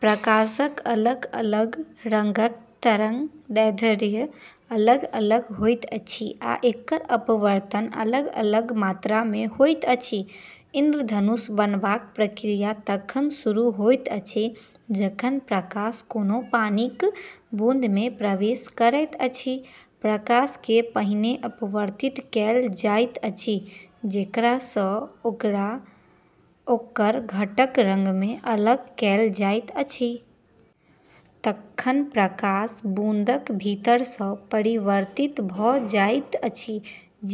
प्रकाशक अलग-अलग रंगक तरंगदैर्ध्य अलग-अलग होइत अछि आ एकर अपवर्तन अलग-अलग मात्रामे होइत अछि। इंद्रधनुष बनबाक प्रक्रिया तखन शुरू होइत अछि जखन प्रकाश कोनो पानिक बूंदमे प्रवेश करैत अछि। प्रकाशकेँ पहिने अपवर्तित कएल जाइत अछि, जेकरा सँ ओकरा ओकर घटक रंगमे अलग कएल जाइत अछि। तखन प्रकाश बूंदक भीतरसँ परावर्तित भ’ जाइत अछि,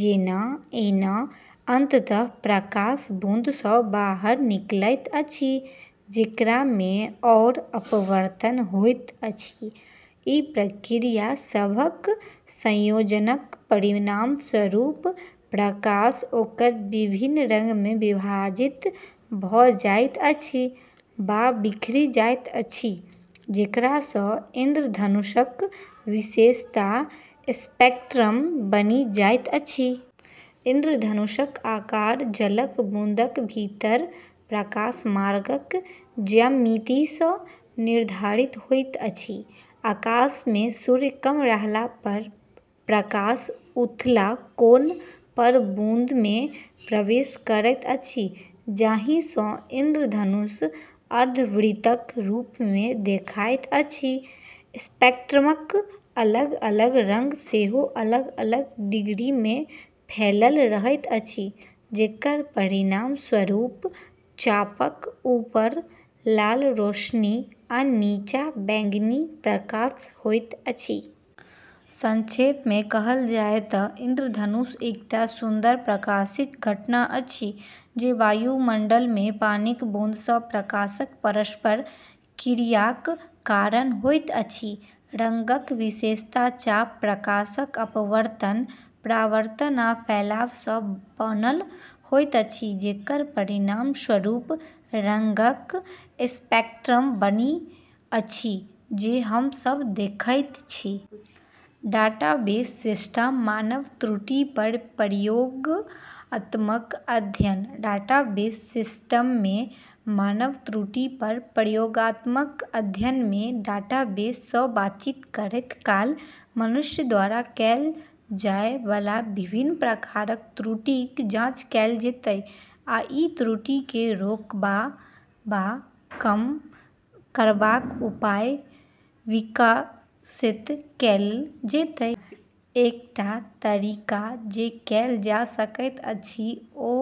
जेना ऐना। अंततः प्रकाश बूंद सँ बाहर निकलैत अछि, जेकरामे आओर अपवर्तन होइत अछि। ई प्रक्रिया सभक संयोजनक परिणामस्वरूप प्रकाश ओकर विभिन्न रंगमे विभाजित भ’ जाइत अछि, वा बिखरि जाइत अछि, जेकरा सँ इंद्रधनुषक विशेषता स्पेक्ट्रम बनि जाइत अछि। इंद्रधनुषक आकार जलक बूंदक भीतर प्रकाश मार्गक ज्यामितिसँ निर्धारित होइत अछि। आकाशमे सूर्य कम रहला पर प्रकाश उथला कोण पर बूंदमे प्रवेश करैत अछि, जाहि सँ इंद्रधनुष अर्धवृत्तक रूपमे देखाइत अछि। स्पेक्ट्रमक अलग-अलग रंग सेहो अलग-अलग डिग्रीमे फैलल रहैत अछि, जेकर परिणामस्वरूप चापक ऊपर लाल रोशनी आ नीचाँ बैंगनी प्रकाश होइत अछि। संक्षेपमे कहल जाय तँ इंद्रधनुष एकटा सुंदर प्रकाशिक घटना अछि जे वायुमंडलमे पानिक बूंद सँ प्रकाशक परस्पर क्रियाक कारण होइत अछि। रंगक विशेषता चाप प्रकाशक अपवर्तन, परावर्तन आ फैलाव सँ बनल होइत अछि, जेकर परिणामस्वरूप रंगक स्पेक्ट्रम बनैत अछि जे हम सभ देखैत छी। डाटाबेस सिस्टममे मानव त्रुटि पर प्रयोगात्मक अध्ययन। डाटाबेस सिस्टममे मानव त्रुटि पर प्रयोगात्मक अध्ययनमे डाटाबेस सँ बातचीत करैत काल मनुष्य द्वारा कएल जाय बला विभिन्न प्रकारक त्रुटिक जाँच कएल जेतै, आ ई त्रुटिकेँ रोकबा वा कम करबाक उपाय विकसित कएल जेतै। एकटा तरीका जे कएल जा सकैत अछि ओ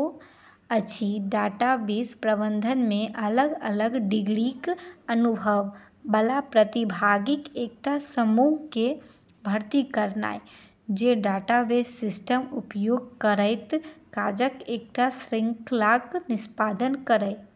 अछि डाटाबेस प्रबंधनमे अलग-अलग डिग्रीक अनुभव बला प्रतिभागिक एकटा समूहकेँ भर्ती करनाइ जे डाटाबेस सिस्टमक उपयोग करैत काजक एकटा श्रृंखलाक निष्पादन करय।